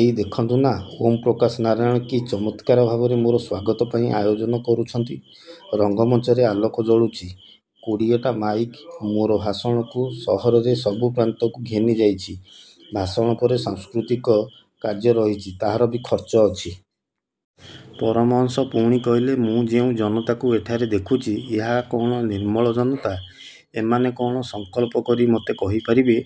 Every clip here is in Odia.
ଏଇ ଦେଖନ୍ତୁନା ଓଁ ପ୍ରକାଶ ନାରାୟଣ କି ଚମତ୍କାର ଭାବରେ ମୋର ସ୍ଵାଗତ ପାଇଁ ଆୟୋଜନ କରୁଛନ୍ତି। ରଙ୍ଗମଞ୍ଚରେ ଆଲୋକ ଜଳୁଛି। କୋଡ଼ିଏଟା ମାଇକ୍ ମୋର ଭାଷଣକୁ ସହରର ସବୁ ପ୍ରାନ୍ତକୁ ଘେନିଯାଉଛି। ଭାଷଣ ପରେ ସଂସ୍କୃତିକ କାର୍ଯ୍ୟ ରହିଛି, ତାହାର ବି ଖର୍ଚ୍ଚ ଅଛି। ପରମହଂସ ପୁଣି କହିଲେ–ମୁଁ ଯେଉଁ ଜନତାକୁ ଏଠାରେ ଦେଖୁଛି, ଏହା କଅଣ ନିର୍ମଳ ଜନତା? ଏମାନେ କଅଣ ସଂକଳ୍ପ କରି ମତେ କହିପାରିବେ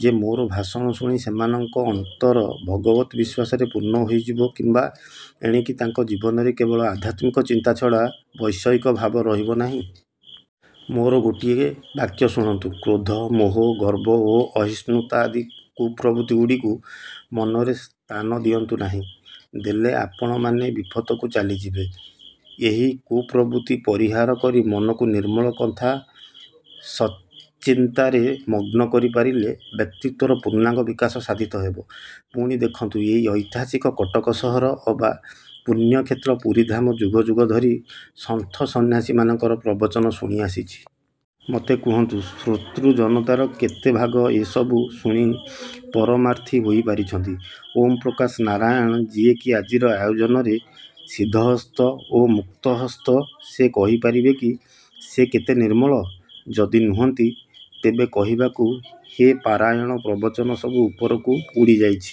ଯେ ମୋର ଭାଷଣ ଶୁଣି ସେମାନଙ୍କର ଅନ୍ତର ଭଗବତ୍ ବିଶ୍ଵାସରେ ପୂର୍ଣ୍ଣ ହୋଇଯିବ କିମ୍ବା ଏଣିକି ତାଙ୍କ ଜୀବନରେ କେବଳ ଆଧ୍ୟାତ୍ମିକ ଚିନ୍ତା ଛଡ଼ା ବୈଷୟିକ ଭାବ ରହିବନାହିଁ? ମୋର ଗୋଟିଏ ବାକ୍ୟ ଶୁଣନ୍ତୁ–କ୍ରୋଧ, ମୋହ, ଗର୍ବ ଓ ଅହିଷ୍ଣୁତା ଆଦି କୁପ୍ରବୃତ୍ତିଗୁଡ଼ିକୁ ମନରେ ସ୍ଥାନ ଦିଅନ୍ତୁନାହିଁ। ଦେଲେ ଆପଣମାନେ ବିପଥକୁ ଚାଲିଯିବେ। ଏହି କୁପ୍ରବୃତ୍ତି ପରିହାର କରି ମନକୁ ନିର୍ମଳ ତଥା ସତ୍ଚିନ୍ତାରେ ମଗ୍ନ କରିପାରିଲେ ବ୍ୟକ୍ତିତ୍ଵର ପୂର୍ଣ୍ଣାଙ୍ଗ ବିକାଶ ସାଧିତ ହେବ। ପୁଣି ଦେଖନ୍ତୁ ଏଇ ଐତିହାସିକ କଟକ ସହର ଅବା ପୁଣ୍ୟକ୍ଷେତ୍ର ପୁରୀଧାମ ଯୁଗ ଯୁଗ ଧରି ସନ୍ଥ ସନ୍ନ୍ୟାସୀମାନଙ୍କର ପ୍ରବଚନ ଶୁଣି ଆସିଛି। ମତେ କୁହନ୍ତୁ ଶ୍ରୋତୃଜନତାର କେତେ ଭାଗ ଏସବୁ ଶୁଣି ପରମାର୍ଥୀ ହୋଇ ପାରିଛନ୍ତି? ଓଁ ପ୍ରକାଶ ନାରାୟଣ ଯିଏ କି ଆଜିର ଆୟୋଜନରେ ସିଦ୍ଧହସ୍ତ ଓ ମୁକ୍ତହସ୍ତ ସେ କହିପାରିବେ କି ସେ କେତେ ନିର୍ମଳ? ଯଦି ନୁହନ୍ତି ତେବେ କହିବାକୁ ହେବ ପାରାୟଣ ପ୍ରବଚନ ସବୁ ଉପରକୁ ଉଡ଼ିଯାଇଛି।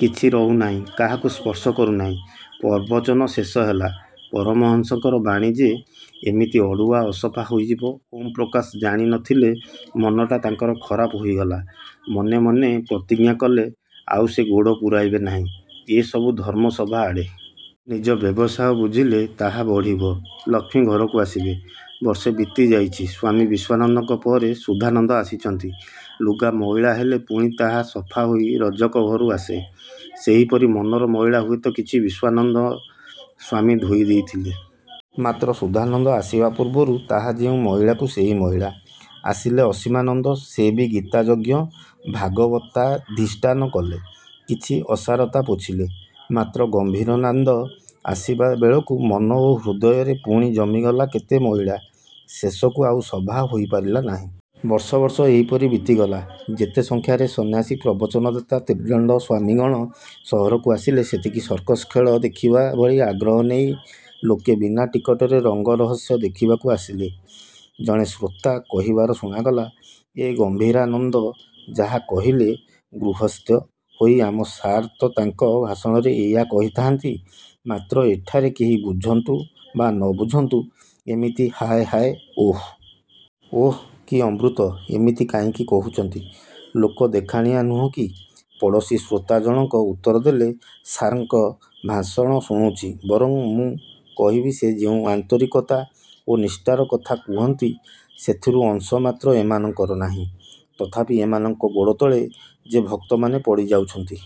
କିଛି ରହୁନାହିଁ, କାହାକୁ ସ୍ପର୍ଶ କରୁନାହିଁ। ପ୍ରବଚନ ଶେଷହେଲା। ପରମହଂସଙ୍କର ବାଣୀ ଯେ ଏମିତି ଅଡ଼ୁଆ ଅସଫା ହୋଇଯିବ, ଓଁପ୍ରକାଶ ଜାଣି ନ ଥିଲେ। ମନଟା ତାଙ୍କର ଖରାପ ହୋଇଗଲା। ମନେ ମନେ ପ୍ରତିଜ୍ଞା କଲେ ଆଉ ସେ ଗୋଡ଼ ପୂରାଇବେନାହିଁ ଏ ସବୁ ଧର୍ମ ସଭା ଆଡ଼େ। ନିଜ ବ୍ୟବସାୟ ବୁଝିଲେ, ତାହା ବଢ଼ିବ। ଲକ୍ଷ୍ମୀ ଘରକୁ ଆସିବେ। ବର୍ଷେ ବିତିଯାଇଛି। ସ୍ଵାମୀ ବିଶ୍ଵାନନ୍ଦଙ୍କ ପରେ ଶୁଦ୍ଧାନନ୍ଦ ଆସିଛନ୍ତି। ଲୁଗା ମଇଳା ହେଲେ ପୁଣି ତାହା ସାଫାହୋଇ ରଜକ ଘରୁ ଆସେ, ସେହିପରି ମନର ମଇଳା ହୁଏତ କିଛି ବିଶ୍ଵାନନ୍ଦ ସ୍ଵାମୀ ଧୋଇ ଦେଇଥିଲେ। ମାତ୍ର ଶୁଦ୍ଧାନନ୍ଦ ଆସିବା ପୂର୍ବରୁ ତାହା ଯେଉଁ ମଇଳାକୁ ସେହି ମଇଳା। ଆସିଲେ ଅସୀମାନନ୍ଦ, ସେ ବି ଗୀତା ଯଜ୍ଞ, ଭାଗବତାଧିଷ୍ଠାନ କଲେ। କିଛି ଅସାରତା ପୋଛିଲେ, ମାତ୍ର ଗମ୍ଭୀରାନନ୍ଦ ଆସିବା ବେଳକୁ ମନ ଓ ହୃଦୟରେ ପୁଣି ଜମିଗଲା କେତେ ମଇଳା। ଶେଷକୁ ଆଉ ସଭା ହୋଇପାରିଲାନାହିଁ। ବର୍ଷ ବର୍ଷ ଏହିପରି ବିତିଗଲା। ଯେତେ ସଂଖ୍ୟାରେ ସନ୍ନ୍ୟାସୀ ପ୍ରବଚନ ଦାତା, ତ୍ରିଦଣ୍ଡ ସ୍ଵାମିଗଣ ସହରକୁ ଆସିଲେ, ସେତିକି ସର୍କସ ଖେଳ ଦେଖିବା ଭଳି ଆଗ୍ରହ ନେଇ ଲୋକେ ବିନା ଟିକଟରେ ରଙ୍ଗ ରହସ୍ୟ ଦେଖିବାକୁ ଆସିଲେ। ଜଣେ ଶ୍ରୋତା କହିବାର ଶୁଣାଗଲା–ଏ ଗମ୍ଭୀରାନନ୍ଦ ଯାହା କହିଲେ, ଗୃହସ୍ଥ୍ୟ ହୋଇ ଆମ ସାର୍ ତ ତାଙ୍କ ଭାଷଣରେ ଏଇଆ କହିଥାନ୍ତି; ମାତ୍ର ଏଠାରେ କେହି ବୁଝନ୍ତୁ ବା ନବୁଝନ୍ତୁ ଏମିତି 'ହାୟ ହାୟ ଓଃ... ଓଃ କି ଅମୃତ' ଏମିତି କାହିଁକି କହୁଛନ୍ତି? ଲୋକ ଦେଖାଣିଆ ନୁହଁ କି? ପଡ଼ୋଶୀ ଶ୍ରୋତା ଜଣଙ୍କ ଉତ୍ତର ଦେଲେ–ସାର୍ଙ୍କ ଭାଷଣ ଶୁଣିଛି। ବରଂ ମୁଁ କହିବି ସେ ଯେଉଁ ଆନ୍ତରିକତା ଓ ନିଷ୍ଠାର କଥା କୁହନ୍ତି, ସେଥିରୁ ଅଂଶ ମାତ୍ର ଏମାନଙ୍କର। ନାହିଁ। ତଥାପି ଏମାନଙ୍କ ଗୋଡ଼ତଳେ ଯେ ଭକ୍ତମାନେ ପଡ଼ିଯାଉଛନ୍ତି